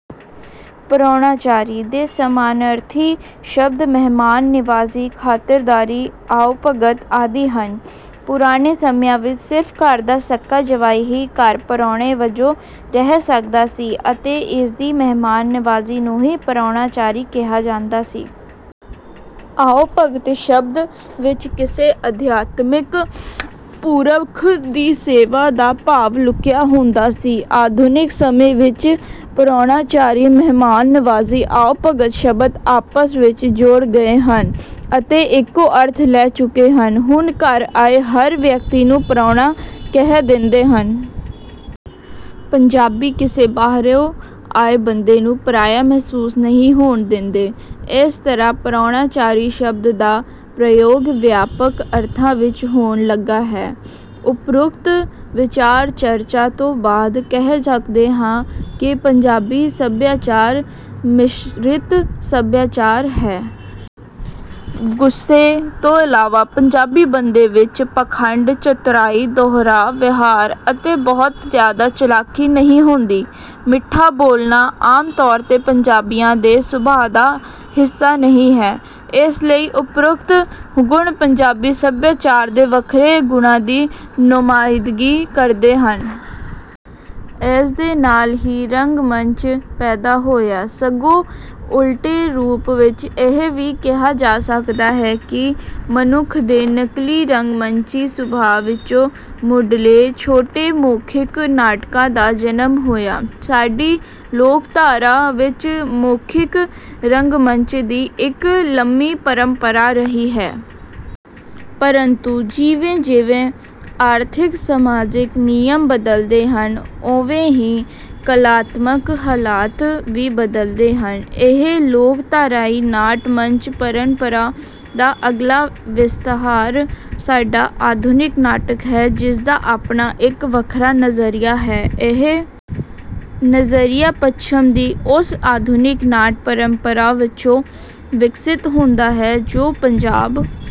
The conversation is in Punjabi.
ਪ੍ਰਾਹੁਣਾਚਾਰੀ ਦੇ ਸਮਾਨਾਰਥੀ ਸ਼ਬਦ ਮਹਿਮਾਨ ਨਿਵਾਜ਼ੀ, ਖਾਤਿਰਦਾਰੀ, ਆਓ-ਭਗਤ ਆਦਿ ਹਨ। ਪੁਰਾਣੇ ਸਮਿਆਂ ਵਿੱਚ ਸਿਰਫ ਘਰ ਦਾ ਸਕਾ ਜਵਾਈ ਹੀ ਘਰ ਪ੍ਰਾਹੁਣੇ ਵਜੋਂ ਰਹਿ ਸਕਦਾ ਸੀ ਅਤੇ ਉਸਦੀ ਮਹਿਮਾਨ ਨਿਵਾਜ਼ੀ ਨੂੰ ਹੀ ਪ੍ਰਾਹੁਣਾਚਾਰੀ ਕਿਹਾ ਜਾਂਦਾ ਸੀ। ਆਓ-ਭਗਤ ਸ਼ਬਦ ਵਿੱਚ ਕਿਸੇ ਅਧਿਆਤਮਿਕ ਪੁਰਖ ਦੀ ਸੇਵਾ ਦਾ ਭਾਵ ਲੁਕਿਆ ਹੁੰਦਾ ਸੀ। ਆਧੁਨਿਕ ਸਮੇਂ ਵਿੱਚ ਪ੍ਰਾਹੁਣਾਚਾਰੀ, ਮਹਿਮਾਨ ਨਿਵਾਜ਼ੀ, ਆਓ-ਭਗਤ ਸ਼ਬਦ ਆਪਸ ਵਿੱਚ ਜੁੜ ਗਏ ਹਨ ਅਤੇ ਇੱਕੋ ਅਰਥ ਲੈ ਚੁੱਕੇ ਹਨ। ਹੁਣ ਘਰ ਆਏ ਹਰ ਵਿਅਕਤੀ ਨੂੰ ਪ੍ਰਾਹੁਣਾ ਕਹਿ ਦਿੰਦੇ ਹਨ। ਪੰਜਾਬੀ ਕਿਸੇ ਬਾਹਰੋਂ ਆਏ ਬੰਦੇ ਨੂੰ ਪਰਾਇਆ ਮਹਿਸੂਸ ਨਹੀਂ ਹੋਣ ਦਿੰਦੇ। ਇਸ ਤਰ੍ਹਾਂ ਪ੍ਰਾਹੁਣਾਚਾਰੀ ਸ਼ਬਦ ਦਾ ਪ੍ਰਯੋਗ ਵਿਆਪਕ ਅਰਥਾਂ ਵਿੱਚ ਹੋਣ ਲੱਗਾ ਹੈ। ਉਪਰੋਕਤ ਵਿਚਾਰ ਚਰਚਾ ਤੋਂ ਬਾਅਦ ਕਹਿ ਸਕਦੇ ਹਾਂ ਕਿ ਪੰਜਾਬੀ ਸਭਿਆਚਾਰ ਮਿਸ਼ਰਿਤ ਸਭਿਆਚਾਰ ਹੈ। ਗੁੱਸੇ ਤੋਂ ਇਲਾਵਾ ਪੰਜਾਬੀ ਬੰਦੇ ਵਿੱਚ ਪਖੰਡ, ਚਤੁਰਾਈ, ਦੋਹਰਾ ਵਿਹਾਰ ਅਤੇ ਬਹੁਤ ਜਿਆਦਾ ਚਾਲਾਕੀ ਨਹੀਂ ਹੁੰਦੀ। ਮਿੱਠਾ ਬੋਲਣਾ ਆਮ ਤੌਰ ਤੇ ਪੰਜਾਬੀਆਂ ਦੇ ਸੁਭਾਅ ਦਾ ਹਿੱਸਾ ਨਹੀਂ ਹੈ। ਇਸ ਲਈ ਉਪਰੋਕਤ ਗੁਣ ਪੰਜਾਬੀ ਸਭਿਆਚਾਰ ਦੇ ਵੱਖਰੇ ਗੁਣਾਂ ਦੀ ਨੁਮਾਇੰਦਗੀ ਕਰਦੇ ਹਨ। ਇਸ ਦੇ ਨਾਲ ਹੀ ਰੰਗਮੰਚ ਪੈਦਾ ਹੋਇਆ। ਸਗੋਂ ਉਲਟੇ ਰੂਪ ਵਿੱਚ ਇਹ ਵੀ ਕਿਹਾ ਜਾ ਸਕਦਾ ਹੈ ਕਿ ਮਨੁੱਖ ਦੇ ਨਕਲੀ ਰੰਗਮੰਚੀ ਸੁਭਾਅ ਵਿੱਚੋਂ ਮੁੱਢਲੇ ਛੋਟੇ ਮੌਖਿਕ ਨਾਟਕਾਂ ਦਾ ਜਨਮ ਹੋਇਆ। ਸਾਡੀ ਲੋਕਧਾਰਾ ਵਿੱਚ ਮੌਖਿਕ ਰੰਗਮੰਚ ਦੀ ਇੱਕ ਲੰਮੀ ਪਰੰਪਰਾ ਰਹੀ ਹੈ। ਪਰੰਤੂ ਜਿਵੇਂ ਜਿਵੇਂ ਆਰਥਿਕ-ਸਮਾਜਿਕ ਨਿਯਮ ਬਦਲਦੇ ਹਨ ਉਵੇਂ ਹੀ ਕਲਾਤਮਕ ਹਾਲਾਤ ਵੀ ਬਦਲਦੇ ਹਨ। ਇਹ ਲੋਕਧਾਰਾਈ ਨਾਟ-ਮੰਚ ਪਰੰਪਰਾ ਦਾ ਅਗਲਾ ਵਿਸਥਾਰ ਸਾਡਾ ਆਧੁਨਿਕ ਨਾਟਕ ਹੈ ਜਿਸ ਦਾ ਆਪਣਾ ਇੱਕ ਵੱਖਰਾ ਨਜ਼ਰੀਆ ਹੈ। ਇਹ ਨਜ਼ਰੀਆ ਪੱਛਮ ਦੀ ਉਸ ਆਧੁਨਿਕ ਨਾਟ-ਪਰੰਪਰਾ ਵਿੱਚੋਂ ਵਿਕਸਿਤ ਹੁੰਦਾ ਹੈ ਜੋ ਪੰਜਾਬ